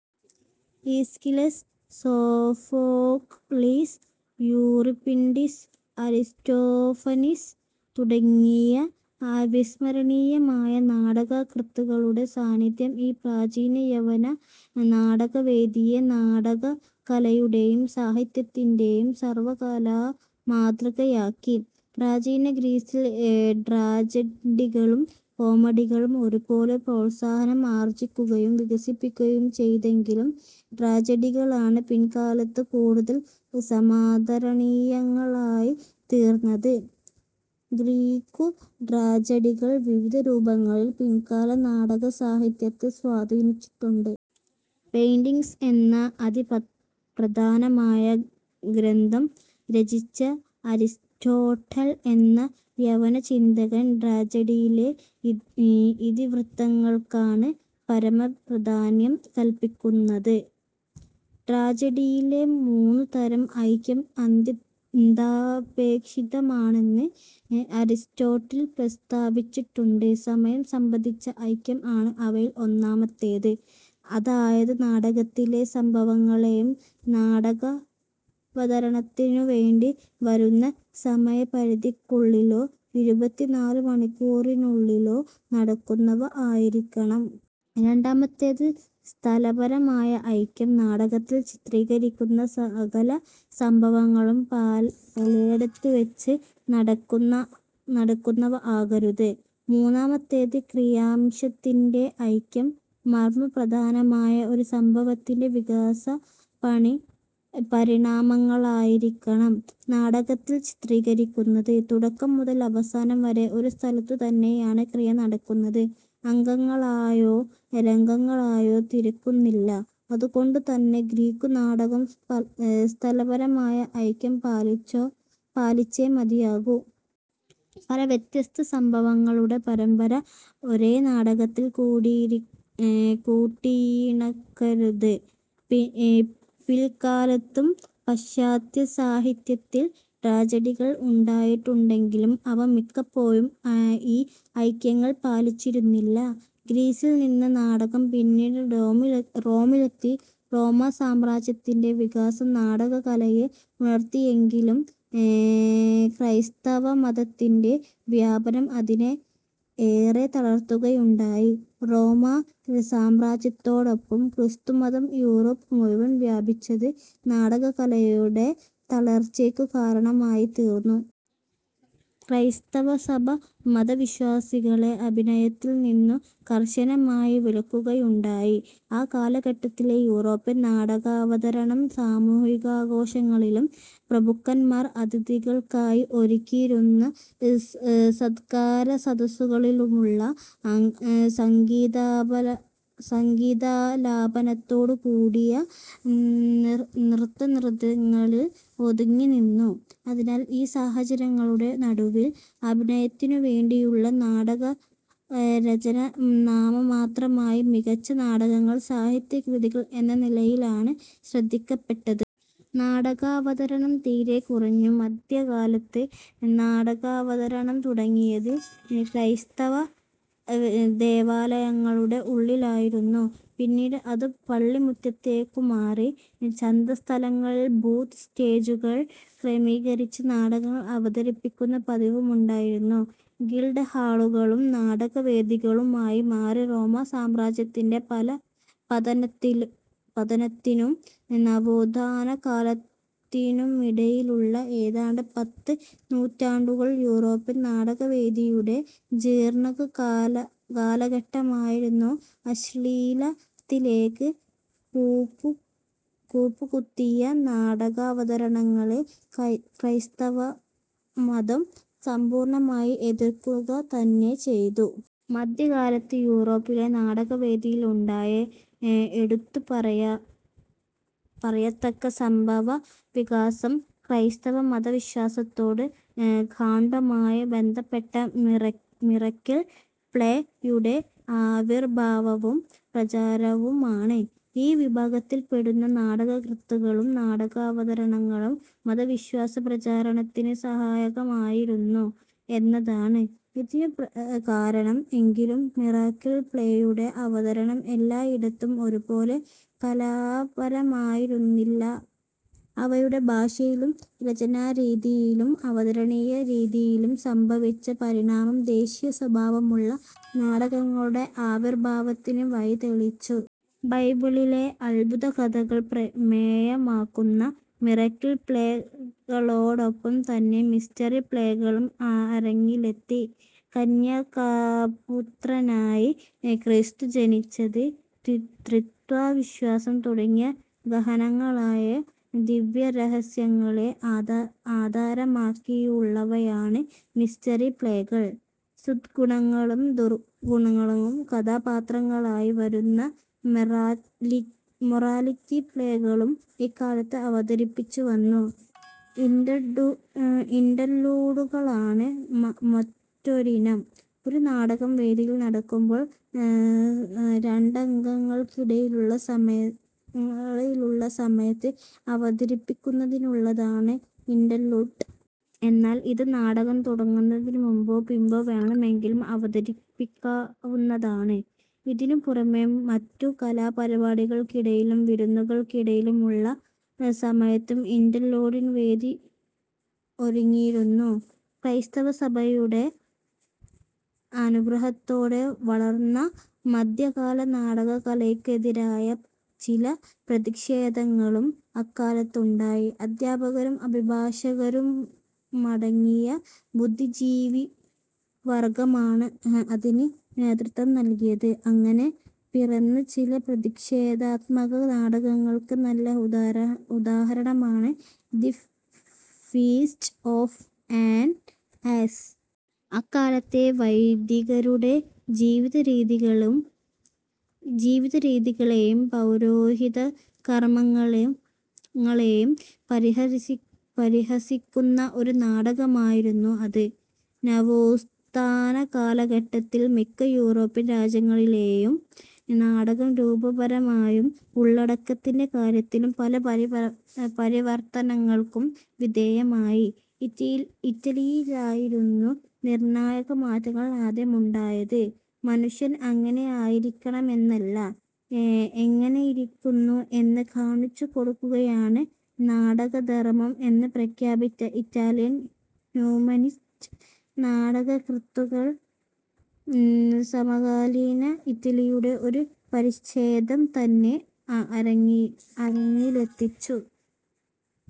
Aeschylus, Sophocles, Euripides, Aristophanes തുടങ്ങിയ അവിസ്മരണീയരായ നാടകകൃത്തുക്കളുടെ സാന്നിധ്യം ഈ പ്രാചീന യവന നാടകവേദിയെ നാടകകലയുടെയും സാഹിത്യത്തിൻ്റെയും സർവകാലമാതൃകയാക്കി. പ്രാചീന ഗ്രീസിൽ ട്രാജഡികളും കോമഡികളും ഒരുപോലെ പ്രോത്സാഹനം ആർജിക്കുകയും വികസിക്കുകയും ചെയ്തെങ്കിലും ട്രാജഡികളാണ് പില്ക്കാലത്ത് കൂടുതൽ സമാദരണീയങ്ങളായിത്തീർന്നത്. ഗ്രീക്കുട്രാജഡികൾ വിവിധ രൂപങ്ങളിൽ പില്ക്കാല നാടകസാഹിത്യത്തെ സ്വാധീനിച്ചിട്ടുണ്ട്. പൊയറ്റിക്സ് എന്ന അതിപ്രധാനമായ ഗ്രന്ഥം രചിച്ച അരിസ്റ്റോട്ടൽ എന്ന യവനചിന്തകൻ ട്രാജഡിയിലെ ഇതിവൃത്തങ്ങൾക്കാണ് പരമപ്രാധാന്യം കല്പിക്കുന്നത്. ട്രാജഡിയിലെ മൂന്നുതരം ഐക്യം അത്യന്താപേക്ഷിതമാണെന്ന് അരിസ്റ്റോട്ടിൽ പ്രസ്താവിച്ചിട്ടുണ്ട്. സമയം സംബന്ധിച്ച ഐക്യം ആണ് അവയിൽ ഒന്നാമത്തേത്. അതായത് നാടകത്തിലെ സംഭവങ്ങളെയും നാടകാവതരണത്തിനുവേണ്ടി വരുന്ന സമയപരിധിക്കുള്ളിലോ ഇരുപത്തിനാലുമണിക്കൂറിനുള്ളിലോ നടക്കുന്നവ ആയിരിക്കണം. രണ്ടാമത്തേത് സ്ഥലപരമായ ഐക്യം. നാടകത്തിൽ ചിത്രീകരിക്കുന്ന സകല സംഭവങ്ങളും പലേടത്തുവച്ച് നടക്കുന്നവ ആകരുത്. മുന്നാമത്തേത് ക്രിയാംശത്തിൻ്റെ ഐക്യം മർമപ്രധാനമായ ഒരു സംഭവത്തിൻ്റെ വികാസപരിണാമങ്ങളായിരിക്കണം നാടകത്തിൽ ചിത്രീകരിക്കുന്നത്. തുടക്കം മുതൽ അവസാനം വരെ ഒരു സ്ഥലത്തുതന്നെയാണ് ക്രിയ നടക്കുന്നത്. അങ്കങ്ങളായോ രംഗങ്ങളായോ തിരിക്കുന്നില്ല. അതുകൊണ്ടുതന്നെ ഗ്രീക്കുനാടകം സ്ഥലപരമായ ഐക്യം പാലിച്ചേ മതിയാകൂ. പല വ്യത്യസ്ത സംഭവങ്ങളുടെ പരമ്പര ഒരേ നാടകത്തിൽ കൂട്ടിയിണക്കരുത്. പില്ക്കാലത്തും പാശ്ചാത്യസാഹിത്യത്തിൽ ട്രാജഡികൾ ഉണ്ടായിട്ടുണ്ടെങ്കിലും അവ മിക്കപ്പോഴും ഈ ഐക്യങ്ങൾ പാലിച്ചിരുന്നില്ല. ഗ്രീസിൽ നിന്ന് നാടകം പിന്നീട് റോമിലെത്തി, റോമാസാമ്രാജ്യത്തിൻ്റെ വികാസം നാടകകലയെ ഉണർത്തിയെങ്കിലും ക്രൈസ്തവമതത്തിൻ്റെ വ്യാപനം അതിനെ ഏറെ തളർത്തുകയുണ്ടായി. റോമാ സാമ്രാജ്യത്തോടൊപ്പം ക്രിസ്തുമതം യുറോപ്പ് മുഴുവൻ വ്യാപിച്ചത് നാടകകലയുടെ തളർച്ചയ്ക്കു കാരണമായിത്തീർന്നു. ക്രൈസ്തവസഭ മതവിശ്വാസികളെ അഭിനയത്തിൽ നിന്നു കർശനമായി വിലക്കുകയുണ്ടായി. ആ കാലഘട്ടത്തിലെ യൂറോപ്യൻ നാടകാവതരണം സാമൂഹികാഘോഷങ്ങളിലും പ്രഭുക്കന്മാർ അതിഥികൾക്കായി ഒരുക്കിയിരുന്ന സത്കാരസദസ്സുകളിലുമുള്ള സംഗീതാലാപനത്തോടു കൂടിയ നൃത്തനൃത്യങ്ങളിൽ ഒതുങ്ങിനിന്നു. അതിനാൽ ഈ സാഹചര്യങ്ങളുടെ നടുവിൽ അഭിനയത്തിനുവേണ്ടിയുള്ള നാടകരചന നാമമാത്രമായി. മികച്ച നാടകങ്ങൾ സാഹിത്യ കൃതികൾ എന്ന നിലയിലാണ് ശ്രദ്ധിക്കപ്പെട്ടത്. നാടകാവതരണം തീരെ കുറഞ്ഞു. മധ്യകാലത്ത് നാടകാവതരണം തുടങ്ങിയത് ക്രൈസ്തവദേവാലയങ്ങളുടെ ഉള്ളിലായിരുന്നു. പിന്നീട് അതു പള്ളിമുറ്റത്തേക്കു മാറി. ചന്തസ്ഥലങ്ങളിൽ ബൂത്ത് സ്റ്റേജുകൾ ക്രമീകരിച്ച് നാടകങ്ങൾ അവതരിപ്പിക്കുന്ന പതിവുമുണ്ടായിരുന്നു. ഗിൽഡ് ഹാളുകളും നാടകവേദികളായി മാറി. റോമാസാമ്രാജ്യത്തിൻ്റെ പതനത്തിനും നവോത്ഥാനകാലത്തിനുമിടയിലുള്ള ഏതാണ്ട് പത്ത് നൂറ്റാണ്ടുകൾ യൂറോപ്യൻ നാടകവേദിയുടെ ജീർണകാലഘട്ടമായിരുന്നു. അശ്ളീലത്തിലേക്ക് കൂപ്പുകുത്തിയ നാടകാവതരണങ്ങളെ ക്രൈസ്തവമതം സമ്പൂർണമായി എതിർക്കുകതന്നെ ചെയ്തു. മധ്യകാലത്ത് യുറോപ്പിലെ നാടകവേദിയിലുണ്ടായ എടുത്തുപറയത്തക്ക സംഭവവികാസം ക്രൈസ്തവ മതവിശ്വാസത്തോട് ഗാഢമായി ബന്ധപ്പെട്ട 'മിറക്കിൾ പ്ലേ'യുടെ ആവിർഭാവവും പ്രചാരവുമാണ്. ഈ വിഭാഗത്തിൽപ്പെടുന്ന നാടകകൃതികളും നാടകാവതരണങ്ങളും മതവിശ്വാസപ്രചാരണത്തിന് സഹായകമായിരുന്നു എന്നതാണ് ഇതിനു കാരണം. എങ്കിലും മിറക്കിൾ പ്ലേയുടെ അവതരണം എല്ലായിടത്തും ഒരുപോലെ കലാപരമായിരുന്നില്ല. അവയുടെ ഭാഷയിലും രചനാരീതിയിലും അവതരണരീതിയിലും സംഭവിച്ച പരിണാമം ദേശീയസ്വഭാവമുള്ള നാടകങ്ങളുടെ ആവിർഭാവത്തിന് വഴിതെളിച്ചു. ബൈബിളിലെ അത്ഭുതകഥകൾ പ്രമേയമാക്കുന്ന മിറക്കിൾ പ്ലേകളോടൊപ്പംതന്നെ മിസ്റ്ററി പ്ലേകളും അരങ്ങിലെത്തി. കന്യകാപുത്രനായി ക്രിസ്തു ജനിച്ചത്, ത്രിത്വ വിശ്വാസം തുടങ്ങിയ ഗഹനങ്ങളായ ദിവ്യരഹസ്യങ്ങളെ ആധാരമാക്കിയുള്ളവയാണ് മിസ്റ്ററി പ്ലേകൾ. സദ്ഗുണങ്ങളും ദുർഗുണങ്ങളും കഥാപാത്രങ്ങളായി വരുന്ന മൊറാലിറ്റി പ്ലേകളും ഇക്കാലത്ത് അവതരിപ്പിച്ചു വന്നു. ഇന്റർലൂഡുകളാണ് മറ്റൊരിനം. ഒരു നാടകം വേദിയിൽ നടക്കുമ്പോൾ രണ്ടങ്കങ്ങൾക്കിടയിലുള്ള സമയത്ത് അവതരിപ്പിക്കുന്നതിനുള്ളതാണ് ഇന്റർലൂഡ്. എന്നാൽ ഇത് നാടകം തുടങ്ങുന്നതിനുമുമ്പോ പിമ്പോ വേണമെങ്കിലും അവതരിപ്പിക്കാവുന്നതാണ്. ഇതിനുപുറമേ മറ്റു കലാപരിപാടികൾക്കിടയിലും വിരുന്നുകൾക്കിടയിലും ഉള്ള സമയത്തും ഇന്റർലൂഡിന് വേദി ഒരുങ്ങിയിരുന്നു. ക്രൈസ്തവസഭയുടെ അനുഗ്രഹത്തോടെ വളർന്ന മധ്യകാല നാടകകലയ്ക്കെതിരായ ചില പ്രതിഷേധങ്ങളും അക്കാലത്തുണ്ടായി. അധ്യാപകരും അഭിഭാഷകരുമടങ്ങിയ ബുദ്ധിജീവിവർഗമാണ് അതിന് നേതൃത്വം നല്കിയത്. അങ്ങനെ പിറന്ന ചില പ്രതിഷേധാത്മക നാടകങ്ങൾക്ക് നല്ല ഉദാഹരണമാണ് the feast of an ass. അക്കാലത്തെ വൈദികരുടെജീവിതരീതികളും ജീവിതരീതികളെയും പൗരോഹിത്യകർമങ്ങളെയും പരിഹസിക്കുന്ന ഒരു നാടകമായിരുന്നു അത്. നവോത്ഥാനകാലഘട്ടത്തിൽ മിക്ക യൂറോപ്യൻ രാജ്യങ്ങളിലെയും നാടകം രൂപപരമായും ഉള്ളടക്കത്തിൻ്റെ കാര്യത്തിലും പല പരിവർത്തനങ്ങൾക്കും വിധേയമായി. ഇറ്റലിയിലായിരുന്നു നിർണായകമാറ്റങ്ങൾ ആദ്യമുണ്ടായത്. മനുഷ്യൻ എങ്ങനെയായിരിക്കണമെന്നല്ല എങ്ങനെയിരിക്കുന്നു എന്ന് കാണിച്ചുകൊടുക്കുകയാണ് നാടകധർമം എന്ന് പ്രഖ്യാപിച്ച ഇറ്റാലിയൻ ഹ്യൂമനിസ്റ്റ് നാടകകൃത്തുക്കൾ സമകാലീന ഇറ്റലിയുടെ ഒരു പരിഛേദംതന്നെ അരങ്ങി അരങ്ങിലെത്തിച്ചു.